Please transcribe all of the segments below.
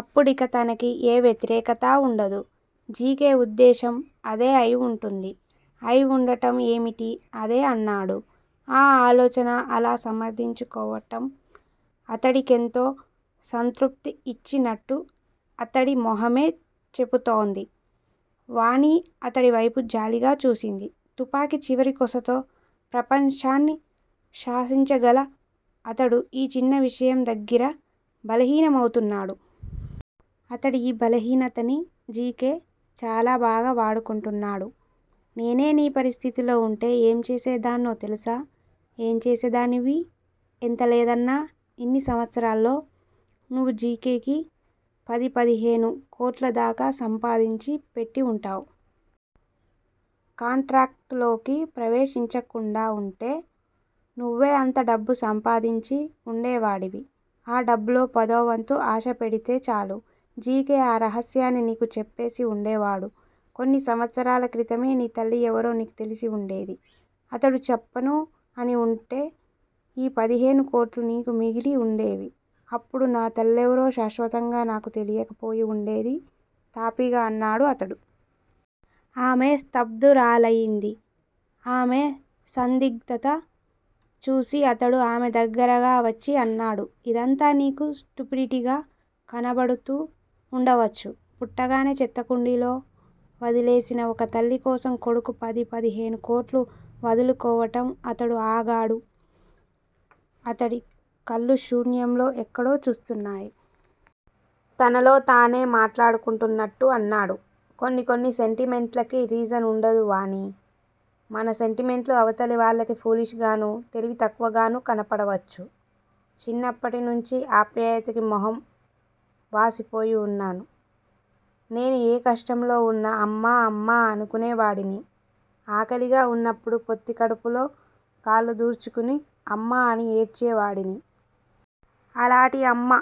అప్పుడిక తనకి ఏ వ్యతిరేకతా వుండదు. జి. కె. వుద్దేశ్యం అదే అయి వుంటుంది. 'అయివుండటం' ఏమిటి? అదే అన్నాడు. ఆ ఆలోచన, అలా సమర్ధించుకోవటం అతడికెంతో సంతృప్తి ఇచ్చినట్టు అతడి మొహమే చెపుతోంది. వాణి అతడి వైపు జాలిగా చూసింది. తుపాకి చివరి కొసతో ప్రపంచాన్ని శాసించగల 'అతడు' ఈ చిన్న విషయం దగ్గిర బలహీనమవుతున్నాడు. అతడి ఈ బలహీనతని జి. కే. చాలా బాగా వాడుకుంటున్నాడు. నేనే నీ పరిస్థితిలో వుంటే ఏం చేసే దాన్నో తెలుసా? ఏం చేసే దానివి? ఎంత లేదన్నా ఇన్ని సంవత్సరాల్లో నువ్వు జి. కే. కి పది పదిహేను కోట్ల దాకా సంపాదించి పెట్టి వుంటావు. కాంట్రాక్టులోకి ప్రవేశించకుండా వుంటే, నువ్వే అంత డబ్బూ సంపాదించి వుండేవాడివి. ఆ డబ్బులో పదోవంతు ఆశ పెడితే చాలు- జి. కే. ఆ రహస్యాన్ని నీకు చెప్పేసి వుండేవాడు. కొన్ని సంవత్సరాల క్రితమే నీ తల్లి ఎవరో నీకు తెలిసివుండేది అతడు చెప్పనూ అని వుంటే ఈ పదిహేను కోట్లూ నీకు మిగిలి వుండేవి అప్పుడు నా తల్లెవరో శాశ్వతంగా నాకు తెలియకపోయి వుండేది తాపీగా అన్నాడు అతడు. ఆమె స్థబ్దురాలయింది. ఆమె సందిగ్దత చూసి అతడు ఆమె దగ్గరగా వచ్చి అన్నాడు. ఇదంతా నీకు స్టుపిడిటీగా కనపడుతూ వుండవచ్చు. పుట్టగానే చెత్తకుండీలో వదిలేసిన ఒక తల్లి కోసం కొడుకు పది, పదిహేను కోట్లు వదులుకోవటం అతడు ఆగాడు. అతడి కళ్ళు శూన్యంలో ఎక్కడో చూస్తున్నాయి. తనలో తనే మాట్లాడుకుంటున్నట్టూ అన్నాడు. కొన్ని కొన్ని సెంటిమెంట్లకి రీజన్ వుండదు వాణీ! మన సెంటిమెంట్లు అవతలి వాళ్ళకి ఫూలిష్ గానూ, తెలివి తక్కువగానూ కనపడవచ్చు. చిన్నప్పటి నుంచీ ఆప్యాయతకి మొహం వాసిపోయివున్నాను. నేను ఏ కష్టంలో వున్నా 'అమ్మా- అమ్మా' అనుకునే వాడిని. ఆకలిగా వున్నప్పుడు పొత్తికడుపులో కాళ్ళు దూర్చుకుని 'అమ్మా' అని ఏడ్చే వాడిని. అలాటి 'అమ్మ'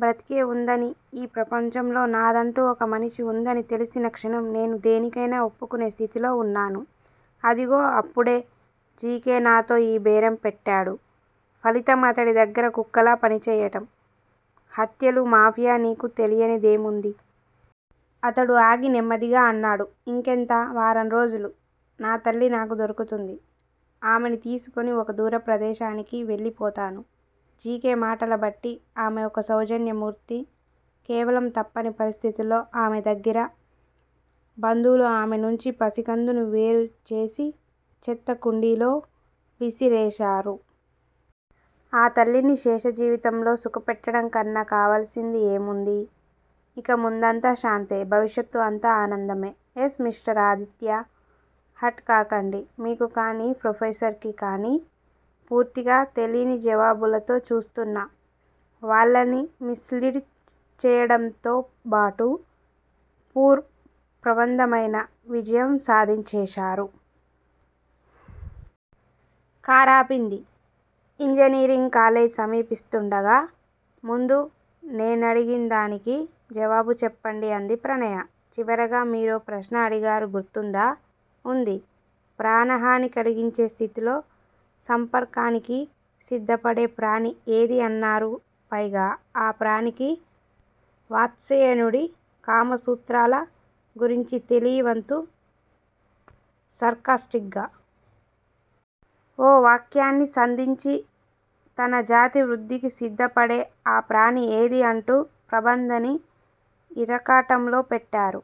బ్రతికేవుందనీ ఈ ప్రపంచంలో నాదంటూ ఒక మనిషి వుందనీ తెలిసిన క్షణం నేను దేనికైనా ఒప్పుకునే స్థితిలో వున్నాను. అదిగో అప్పుడే జి. కే. నాతో ఈ బేరం పెట్టాడు. ఫలితం అతడి దగ్గర కుక్కలా పని చేయటం- హత్యలు, మాఫియా నీకు తెలియనిదేముంది? అతడు ఆగి, నెమ్మదిగా అన్నాడు. ఇంకెంత? వారం రోజులు నా తల్లి నాకు దొరుకుతుంది. ఆమెని తీసుకుని ఒక దూర ప్రదేశానికి వెళ్లి పోతాను. జి. కే. మాటలబట్టి ఆమె ఒక సౌజన్య మూర్తి కేవలం తప్పని పరిస్థితుల్లో ఆమె దగ్గర బంధువులు ఆమె నుంచి పసికందుని వేరు చేసి చెత్తకుండీలో విసిరేశారు. ఆ తల్లిని శేష జీవితంలో సుఖపెట్టటంకన్నా కావల్సింది ఏముంది? ఇక ముందంతా శాంతే. భవిష్యత్తు అంతా ఆనందమే. Yes mister Aditya! హర్ట్ కాకండి. మీకు కాని, ప్రొఫెసర్స్ కి కాని పూర్తిగా తెలీని జవాబులతో చూస్తున్న వాళ్ళని మిస్ లీడ్ చేయడంతో బాటు పూర్ ప్రబంధమైన విజయం సాధించేశారు. కారాపింది ఇంజనీరింగ్ కాలేజీ సమీపిస్తుండగా ముందు నేనడిగిందానికి జవాబు చెప్పండి అంది ప్రణయ. చివరగా మీరో ప్రశ్న అడిగారు గుర్తుందా? ఉంది. ప్రాణహాని కలిగించే స్థితిలో సంపర్కానికి సిద్దపడే ప్రాణి ఏదీ అన్నారు పైగా ఆ ప్రాణికి వాత్స్యాయనుడి కామసూత్రాల గురించి తెలీవంతూ సర్కాస్టిక్ గా ఓ వాక్యాన్ని సంధించి తన జాతి వృద్దికి సిద్ద పడే ఆ ప్రాణి ఏదీ అంటూ ప్రబంధని ఇరకాటంలో పెట్టారు